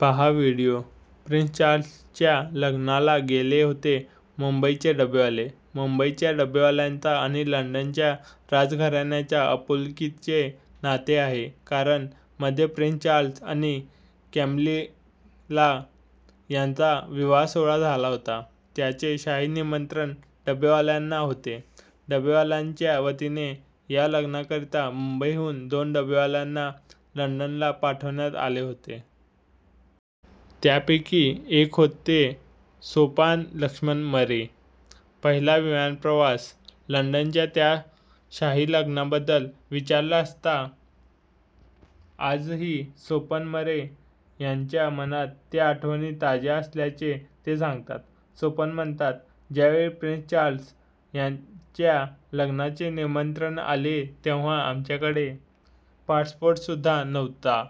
पाहा video: prince चार्ल्सच्या लग्नाला गेले होते मुंबईचे डबेवाले! मुंबईच्या डबेवाल्यांचे आणि लंडनच्या राजघराण्याचे आपुलकीचे नाते आहे. कारण मध्ये प्रिन्स चार्ल्स आणि कॅमिला यांचा विवाहसोहळा झाला होता. त्याचे शाही निमंत्रण डबेवाल्यांना होते. डबेवाल्यांच्या वतीने या लग्नाकरिता मुंबईहून दोन डबेवाल्यांना लंडनला पाठवण्यात आले होते. त्यापैकी एक होते सोपान लक्ष्मण मरे. पहिला विमानप्रवास - लंडनच्या त्या शाही लग्नाबद्दल विचारले असता आजही सोपान मरे यांच्या मनात त्या आठवणी ताज्या असल्याचे ते सांगतात. सोपान सांगतात, "ज्यावेळी प्रिन्स चार्ल्स यांच्या लग्नाचे निमंत्रण आले तेव्हा आमच्याकडे पासपोर्टसुद्धा नव्हता.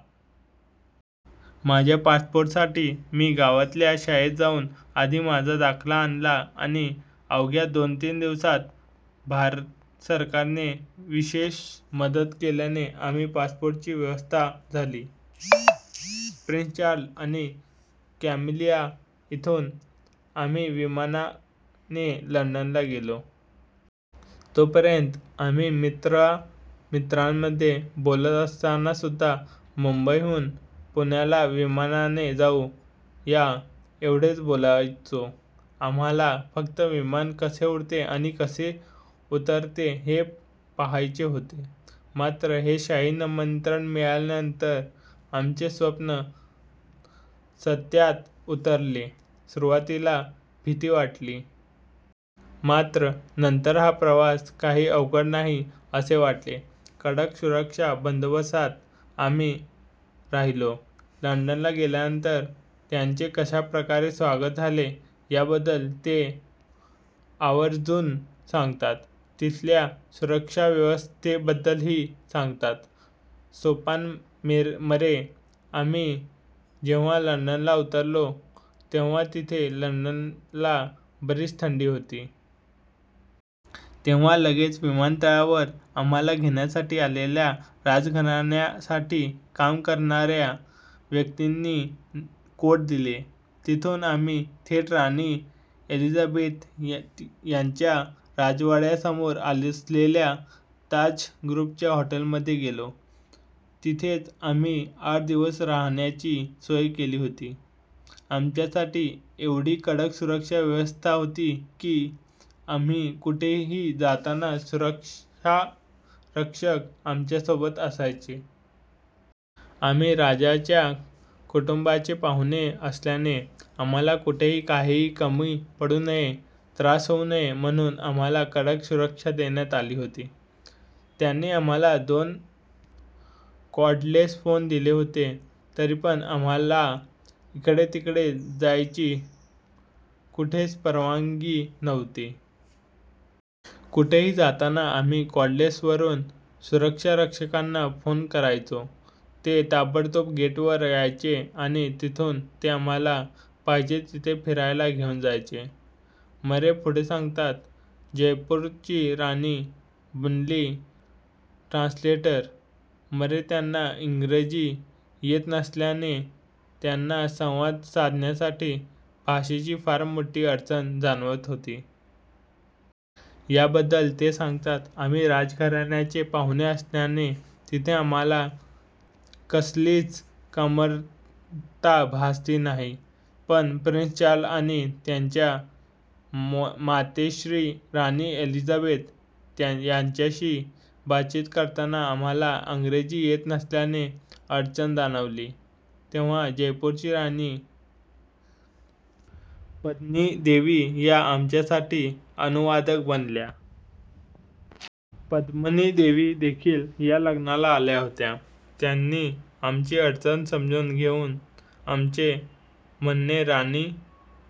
माझ्या पासपोर्टसाठी मी गावातल्या शाळेत जाऊन आधी माझा दाखला आणला आणि अवघ्या दोन-तीन दिवसांत भारत सरकारने विशेष मदत केल्याने आमची पासपोर्टची व्यवस्था झाली." प्रिन्स चार्ल्स आणि कॅमिला - "इथून आम्ही विमानाने लंडनला गेलो. तोपर्यंत आम्ही मित्रा-मित्रांमध्ये बोलत असतानासुद्धा मुंबईहून पुण्याला विमानाने जाऊ या, एवढेच बोलायचो. आम्हाला फक्त विमान कसे उडते आणि कसे उतरते हे पाहायचे होते. मात्र हे शाही निमंत्रण मिळाल्यानंतर आमचे स्वप्न सत्यात उतरले. सुरुवातीला भीती वाटली. मात्र नंतर हा प्रवास काही अवघड नाही असे वाटले." कडक सुरक्षा बंदोबस्तात आम्ही राहिलो - लंडनला गेल्यानंतर त्यांचे कशा प्रकारे स्वागत झाले, याबद्दल ते आवर्जून सांगतात. तिथल्या सुरक्षाव्यवस्थेबद्दलही सांगतात. सोपान मरे - "आम्ही जेव्हा लंडनला उतरलो, तेव्हा तिथे लंडनला बरीच थंडी होती. तेव्हा लगेच विमानतळावर आम्हाला घेण्यासाठी आलेल्या राजघराण्यासाठी काम करणाऱ्या व्यक्तींनी कोट दिले. तिथून आम्ही थेट राणी एलिझाबेथ यांच्या राजवाड्यासमोर असलेल्या ताज ग्रुपच्या हॉटेलमध्ये गेलो. तिथेच आमची आठ दिवस राहण्याची सोय केली होती. आमच्यासाठी एवढी कडक सुरक्षा व्यवस्था होती की, आम्ही कुठेही जाताना सुरक्षारक्षक आमच्यासोबत असायचे." "आम्ही राजाच्या कुटुंबाचे पाहुणे असल्याने आम्हाला कुठेही काहीही कमी पडू नये, त्रास होऊ नये म्हणून आम्हाला कडक सुरक्षा देण्यात आली होती. त्यांनी आम्हाला दोन कॉर्डलेस फोन दिले होते. तरीपण आम्हाला इकडे तिकडे जायची कुठेच परवानगी नव्हती. कुठेही जाताना आम्ही कॉर्डलेसवरून सुरक्षा रक्षकांना फोन करायचो. ते ताबडतोब गेटवर यायचे आणि तिथून ते आम्हाला पाहिजे तिथे फिरायला घेऊन जायचे," मरे पुढे सांगतात. जयपूरची राणी बनली ट्रान्सलेटर - मरे यांना इंग्रजी येत नसल्याने त्यांना संवाद साधण्यासाठी भाषेची फार मोठी अडचण जाणवत होती. याबद्दल ते सांगतात, "आम्ही राजघराण्याचे पाहुणे असल्याने तिथे आम्हाला कसलीच कमतरता भासली नाही. पण प्रिन्स चार्ल्स आणि त्यांच्या मातोश्री राणी एलिझाबेथ यांच्याशी बातचीत करताना आम्हाला इंग्रजी येत नसल्याने अडचण जाणवली. तेव्हा जयपूरची राणी पद्मिनीदेवी या आमच्यासाठी अनुवादक बनल्या. पद्मिनीदेवी देखील या लग्नाला आल्या होत्या. त्यांनी आमची अडचण समजून घेऊन आमचे म्हणणे राणी